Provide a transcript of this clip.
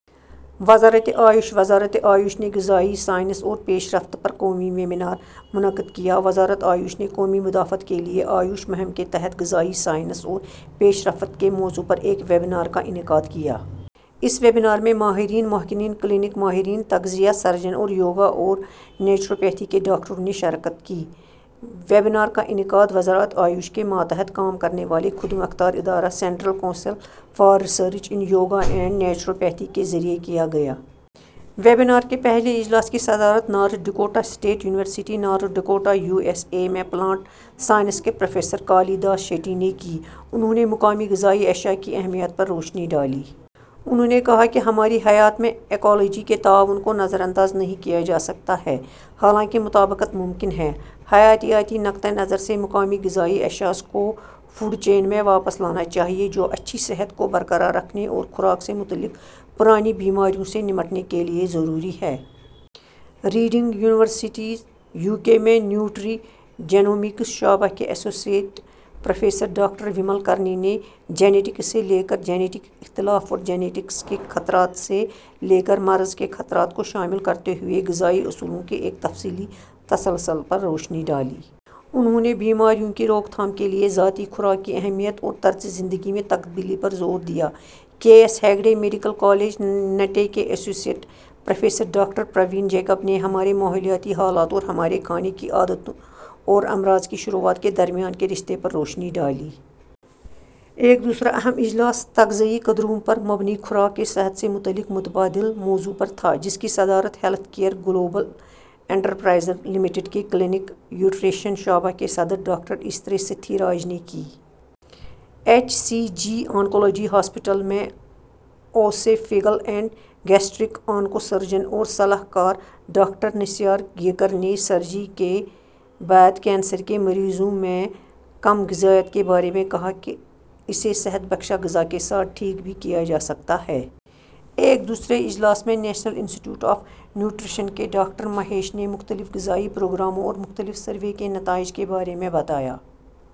وزارت آیوش وزارت آیوش نے غذائی سائنس اور پیش رفت پر قومی ویبنار منعقد کیا وزارت آیوش نے '' قوت مدافعت کے لئے آیوش'' مہم کے تحت غذائی سائنس اور پیش رفت کے موضوع پر ایک ویبنار کا انعقاد کیا۔ اس ویبنار میں ماہرین، محققین کلینکل ماہرین تغذیہ، سرجن اور یوگا اورنیچروپیتھی کے ڈاکٹروں نے شرکت کی۔ ویبنار کا انعقاد وزارت آیوش کے ماتحت کام کرنے والے خود مختار ادارہ central council for research in yoga and naturopathy کے ذریعہ کیاگیا۔ ویبنار کے پہلے اجلاس کی صدارت North Dakota state university, North Dakota, U S A میں پلانٹ سائنس کے پروفیسر کالی داس شیٹی نے کی۔ انہوں نے مقامی غذائی اشیاء کی اہمیت پر روشنی ڈالی۔ انہوں نے کہا کہ ہماری حیات میں ایکو لوجی کے تعاون کو نظر انداز نہیں کیا جاسکتا ہے ، حالانکہ مطابقت ممکن ہے۔ حیاتیاتی نقطہ نظر سے مقامی غذائی اشیاء کو فوڈ چین میں واپس لانا چاہئے جو اچھی صحت کو برقرار رکھنے اور خوراک سے متعلق پرانی بیماریوں سے نمٹنے کے لئے ضروری ہے۔ ریڈنگ یونیورسٹی، یو کے میں نیوٹری جینومکس شعبہ کے associate professor doctor Vimal Karni نےجینٹکس سے لے کر جیٹنک اختلاف اور جیٹنکس کے خطرات سے لے کر مرض کے خطرات کو شامل کرتے ہوئے غذائی اصولوں کے ایک تفصیلی تسلسل پر روشنی ڈالی۔ انہوں نے بیماریوں کی روک تھام کے لئے ذاتی خوراک کی اہمیت اور طرز زندگی میں تبدیلی پر زور دیا۔ K S Hegde medical college, Nitte کے associate professor doctor Praveen Jacob نے ہمارے ماحولیاتی حالات اور ہمارے کھانے کی عادتوں اور امراض کی شروعات کے درمیان کے رشتے پر روشنی ڈالی۔ ایک دوسرا اہم اجلاس'' تغذئی قدروں پر مبنی خوراک کے صحت سے متعلق متبادل '' موضوع پر تھا جس کی صدارت health care global enterprises limited کے کلینکل یوٹریشن شعبہ کے صدر ڈاکٹر ایسترے ستھی راج نے کی۔ H C G oncology hospital میں oesophageal and gastric onco surgeon اور صلاح کار ڈاکٹر نیسارگیکر نے سرجی کے بعد کینسر کے مریضوں میں کم غذائیت کے بارے میں کہا کہ اسے صحت بخش غذا کے ساتھ ٹھیک کیا جاسکتا ہے۔ ایک دوسرے اجلاس میں national institute of nutrition کے ڈاکٹر مہیش نے مختلف غذائی پروگراموں اور مختلف سروے کے نتائج کے بارے میں بتایا۔